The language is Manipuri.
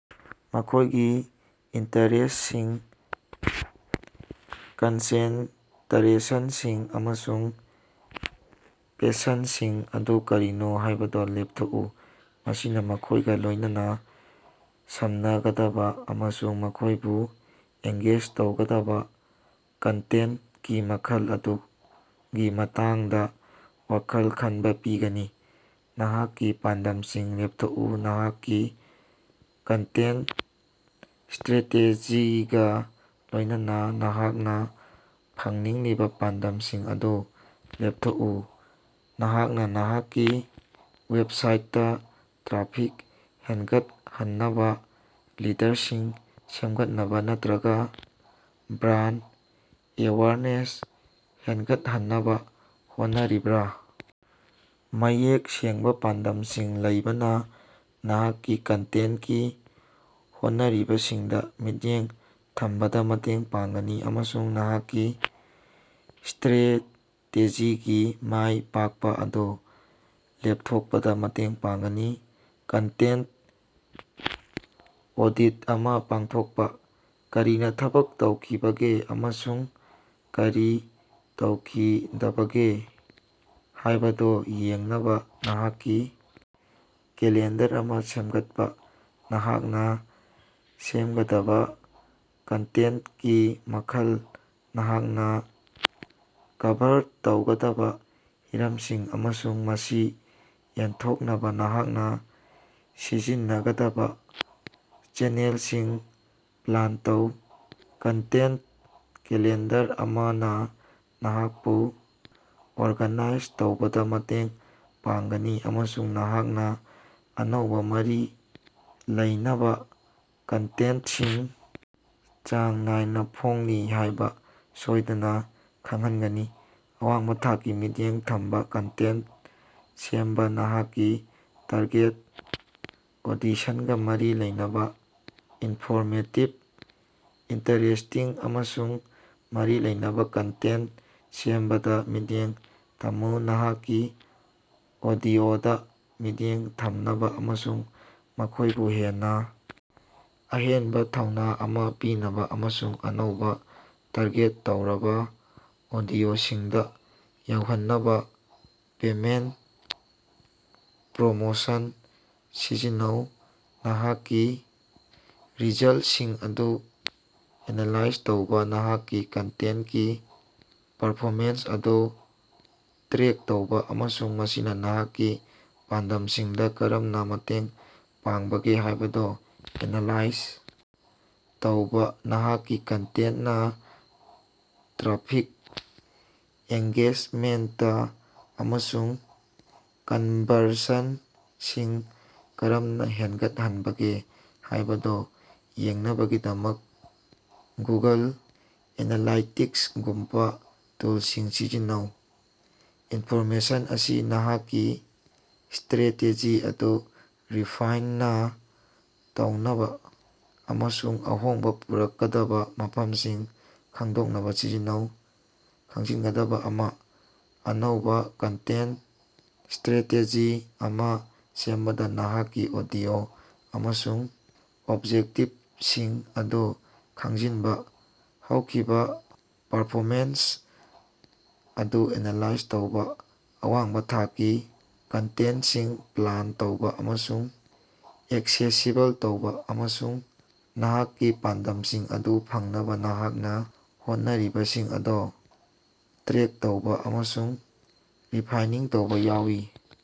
ꯃꯈꯣꯏꯒꯤ ꯏꯟꯇꯔꯦꯁ꯭ꯇꯁꯤꯡ, ꯀꯟꯁꯦꯟꯇꯔꯦꯁꯟꯁꯤꯡ ꯑꯃꯁꯨꯡ ꯄꯦꯁꯟꯗꯁꯤꯡ ꯑꯗꯨ ꯀꯔꯤꯅꯣ ꯍꯥꯏꯕꯗꯨ ꯂꯦꯞꯊꯣꯛꯎ꯫ ꯃꯁꯤꯅ ꯃꯈꯣꯏꯒ ꯂꯣꯏꯅꯅ ꯁꯝꯅꯒꯗꯕ ꯑꯃꯁꯨꯡ ꯃꯈꯣꯏꯕꯨ ꯑꯦꯡꯒꯦꯖ ꯇꯧꯒꯗꯕ ꯀꯟꯇꯦꯟꯇꯀꯤ ꯃꯈꯜ ꯑꯗꯨꯒꯤ ꯃꯇꯥꯡꯗꯥ ꯋꯥꯈꯜ ꯈꯅꯕ ꯄꯤꯒꯅꯤ꯫ ꯅꯍꯥꯛꯀꯤ ꯄꯥꯟꯗꯝꯁꯤꯡ ꯂꯦꯞꯊꯣꯛꯎ: ꯅꯍꯥꯛꯀꯤ ꯀꯟꯇꯦꯟꯇ ꯁ꯭ꯇꯔꯦꯇꯦꯖꯤꯒ ꯂꯣꯏꯅꯅ ꯅꯍꯥꯛꯅ ꯐꯪꯅꯤꯡꯂꯤꯕ ꯄꯥꯟꯗꯝꯁꯤꯡ ꯑꯗꯨ ꯂꯦꯞꯊꯣꯛꯎ꯫ ꯅꯍꯥꯛꯅ ꯅꯍꯥꯛꯀꯤ ꯋꯦꯕꯁꯥꯏꯠꯇꯥ ꯇ꯭ꯔꯥꯐꯤꯛ ꯍꯦꯟꯒꯠꯍꯟꯅꯕ, ꯂꯤꯗꯔꯁꯤꯡ ꯁꯦꯝꯒꯠꯅꯕ ꯅꯠꯇꯔꯒꯥ ꯕ꯭ꯔꯥꯟꯗ ꯑꯦꯋꯥꯔꯅꯦꯁ ꯍꯦꯟꯒꯠꯍꯟꯅꯕ ꯍꯣꯠꯅꯔꯤꯕ꯭ꯔꯥ? ꯃꯌꯦꯛ ꯁꯦꯡꯕ ꯄꯥꯟꯗꯝꯁꯤꯡ ꯂꯩꯕꯅ ꯅꯍꯥꯛꯀꯤ ꯀꯟꯇꯦꯟꯇꯀꯤ ꯍꯣꯠꯅꯔꯤꯕꯁꯤꯡꯗ ꯃꯤꯠꯌꯦꯡ ꯊꯝꯕꯗ ꯃꯇꯦꯡ ꯄꯥꯡꯒꯅꯤ ꯑꯃꯁꯨꯡ ꯅꯍꯥꯛꯀꯤ ꯁ꯭ꯇꯔꯦꯇꯦꯖꯤꯒꯤ ꯃꯥꯏ ꯄꯥꯛꯄ ꯑꯗꯨ ꯂꯦꯞꯊꯣꯛꯄꯗ ꯃꯇꯦꯡ ꯄꯥꯡꯒꯅꯤ꯫ ꯀꯟꯇꯦꯟꯇ ꯑꯣꯗꯤꯠ ꯑꯃ ꯄꯥꯡꯊꯣꯛꯄ꯫ ꯀꯔꯤꯅ ꯊꯕꯛ ꯇꯧꯈꯤꯕꯒꯦ ꯑꯃꯁꯨꯡ ꯀꯔꯤ ꯇꯧꯈꯤꯗꯕꯒꯦ ꯍꯥꯏꯕꯗꯨ ꯌꯦꯡꯅꯕ ꯅꯍꯥꯛꯀꯤ ꯀꯦꯂꯦꯟꯗꯔ ꯑꯃ ꯁꯦꯝꯒꯠꯄ ꯅꯍꯥꯛꯅ ꯁꯦꯝꯒꯗꯕ ꯀꯟꯇꯦꯟꯇꯀꯤ ꯃꯈꯜ, ꯅꯍꯥꯛꯅ ꯀꯚꯔ ꯇꯧꯒꯗꯕ ꯍꯤꯔꯝꯁꯤꯡ ꯑꯃꯁꯨꯡ ꯃꯁꯤ ꯌꯦꯟꯊꯣꯛꯅꯕ ꯅꯍꯥꯛꯅ ꯁꯤꯖꯤꯟꯅꯒꯗꯕ ꯆꯦꯅꯦꯜꯁꯤꯡ ꯄ꯭ꯂꯥꯟ ꯇꯧ꯫ ꯀꯟꯇꯦꯟꯇ ꯀꯦꯂꯦꯟꯗꯔ ꯑꯃꯅ ꯅꯍꯥꯛꯄꯨ ꯑꯣꯔꯒꯥꯅꯥꯏꯖ ꯇꯧꯕꯗ ꯃꯇꯦꯡ ꯄꯥꯡꯒꯅꯤ ꯑꯃꯁꯨꯡ ꯅꯍꯥꯛꯅ ꯑꯅꯧꯕ, ꯃꯔꯤ ꯂꯩꯅꯕ ꯀꯟꯇꯦꯟꯇꯁꯤꯡ ꯆꯥꯡ ꯅꯥꯏꯅ ꯐꯣꯡꯂꯤ ꯍꯥꯏꯕ ꯁꯣꯏꯗꯅ ꯈꯪꯍꯟꯒꯅꯤ꯫ ꯑꯋꯥꯡꯕ ꯊꯥꯛꯀꯤ, ꯃꯤꯠꯌꯦꯡ ꯊꯝꯕ ꯀꯟꯇꯦꯟꯇ ꯁꯦꯝꯕ ꯅꯍꯥꯛꯀꯤ ꯇꯥꯔꯒꯦꯠ ꯑꯣꯗꯤꯁꯟꯒ ꯃꯔꯤ ꯂꯩꯅꯕ ꯏꯟꯐꯣꯔꯃꯦꯇꯤꯚ, ꯏꯟꯇꯔꯦꯁ꯭ꯇꯤꯡ ꯑꯃꯁꯨꯡ ꯃꯔꯤ ꯂꯩꯅꯕ ꯀꯟꯇꯦꯟꯇ ꯁꯦꯝꯕꯗ ꯃꯤꯠꯌꯦꯡ ꯊꯝꯃꯨ꯫ ꯅꯍꯥꯛꯀꯤ ꯑꯣꯗꯤꯑꯣꯗ ꯃꯤꯠꯌꯦꯡ ꯊꯝꯅꯕ ꯑꯃꯁꯨꯡ ꯃꯈꯣꯏꯕꯨ ꯍꯦꯟꯅ ꯑꯍꯦꯟꯕ ꯊꯧꯅ ꯑꯃ ꯄꯤꯅꯕ ꯑꯃꯁꯨꯡ ꯑꯅꯧꯕ, ꯇꯥꯔꯒꯦꯠ ꯇꯧꯔꯕ ꯑꯣꯗꯤꯑꯣꯁꯤꯡꯗ ꯌꯧꯍꯟꯅꯕ ꯄꯦꯃꯦꯟꯇ ꯄ꯭ꯔꯣꯃꯣꯁꯟ ꯁꯤꯖꯤꯟꯅꯧ꯫ ꯅꯍꯥꯛꯀꯤ ꯔꯤꯖꯜꯇꯁꯤꯡ ꯑꯗꯨ ꯑꯦꯅꯥꯂꯥꯏꯖ ꯇꯧꯕ ꯅꯍꯥꯛꯀꯤ ꯀꯟꯇꯦꯟꯇꯀꯤ ꯄꯔꯐꯣꯃꯦꯟꯁ ꯑꯗꯨ ꯇ꯭ꯔꯦꯛ ꯇꯧꯕ ꯑꯃꯁꯨꯡ ꯃꯁꯤꯅ ꯅꯍꯥꯛꯀꯤ ꯄꯥꯟꯗꯝꯁꯤꯡꯗ ꯀꯔꯝꯅ ꯃꯇꯦꯡ ꯄꯥꯡꯕꯒꯦ ꯍꯥꯏꯕꯗꯨ ꯑꯦꯅꯥꯂꯥꯏꯖ ꯇꯧꯕ꯫ ꯅꯍꯥꯛꯀꯤ ꯀꯟꯇꯦꯟꯇꯅ ꯇ꯭ꯔꯥꯐꯤꯛ, ꯑꯦꯡꯒꯦꯖꯃꯦꯟꯇ, ꯑꯃꯁꯨꯡ ꯀꯟꯕꯔꯁꯟꯁꯤꯡ ꯀꯔꯝꯅ ꯍꯦꯟꯒꯠꯍꯟꯕꯒꯦ ꯍꯥꯏꯕꯗꯨ ꯌꯦꯡꯅꯕꯒꯤꯗꯃꯛ ꯒꯨꯒꯜ ꯑꯦꯅꯥꯂꯥꯏꯇꯤꯛꯁꯒꯨꯝꯕ ꯇꯨꯜꯁꯤꯡ ꯁꯤꯖꯤꯟꯅꯧ꯫ ꯏꯟꯐꯣꯔꯃꯦꯁꯟ ꯑꯁꯤ ꯅꯍꯥꯛꯀꯤ ꯁ꯭ꯇꯔꯥꯇꯦꯖꯤ ꯑꯗꯨ ꯔꯤꯐꯥꯏꯟꯅꯥ ꯇꯧꯅꯕ ꯑꯃꯁꯨꯡ ꯑꯍꯣꯡꯕ ꯄꯨꯔꯛꯀꯗꯕ ꯃꯐꯝꯁꯤꯡ ꯈꯪꯗꯣꯛꯅꯕ ꯁꯤꯖꯤꯟꯅꯧ꯫ ꯈꯪꯖꯤꯟꯒꯗꯕ ꯑꯃꯅ, ꯑꯅꯧꯕ ꯀꯟꯇꯦꯟꯇ ꯁ꯭ꯇꯔꯥꯇꯦꯖꯤ ꯑꯃ ꯁꯦꯝꯕꯗ ꯅꯍꯥꯛꯀꯤ ꯑꯣꯗꯤꯑꯣ ꯑꯃꯁꯨꯡ ꯑꯣꯕꯖꯦꯛꯇꯤꯚꯁꯤꯡ ꯑꯗꯨ ꯈꯪꯖꯤꯟꯕ, ꯍꯧꯈꯤꯕ ꯄꯔꯐꯣꯃꯦꯟꯁ ꯑꯗꯨ ꯑꯦꯅꯥꯂꯥꯏꯖ ꯇꯧꯕ, ꯑꯋꯥꯡꯕ ꯊꯥꯛꯀꯤ ꯀꯟꯇꯦꯟꯇꯁꯤꯡ ꯄ꯭ꯂꯥꯟ ꯇꯧꯕ ꯑꯃꯁꯨꯡ ꯑꯦꯛꯁꯦꯁꯤꯕꯜ ꯇꯧꯕ, ꯑꯃꯁꯨꯡ ꯅꯍꯥꯛꯀꯤ ꯄꯥꯟꯗꯝꯁꯤꯡ ꯑꯗꯨ ꯐꯪꯅꯕ ꯅꯍꯥꯛꯅ ꯍꯣꯠꯅꯔꯤꯕꯁꯤꯡ ꯑꯗꯨ ꯇ꯭ꯔꯦꯛ ꯇꯧꯕ ꯑꯃꯁꯨꯡ ꯔꯤꯐꯥꯏꯅꯤꯡ ꯇꯧꯕ ꯌꯥꯎꯏ꯫।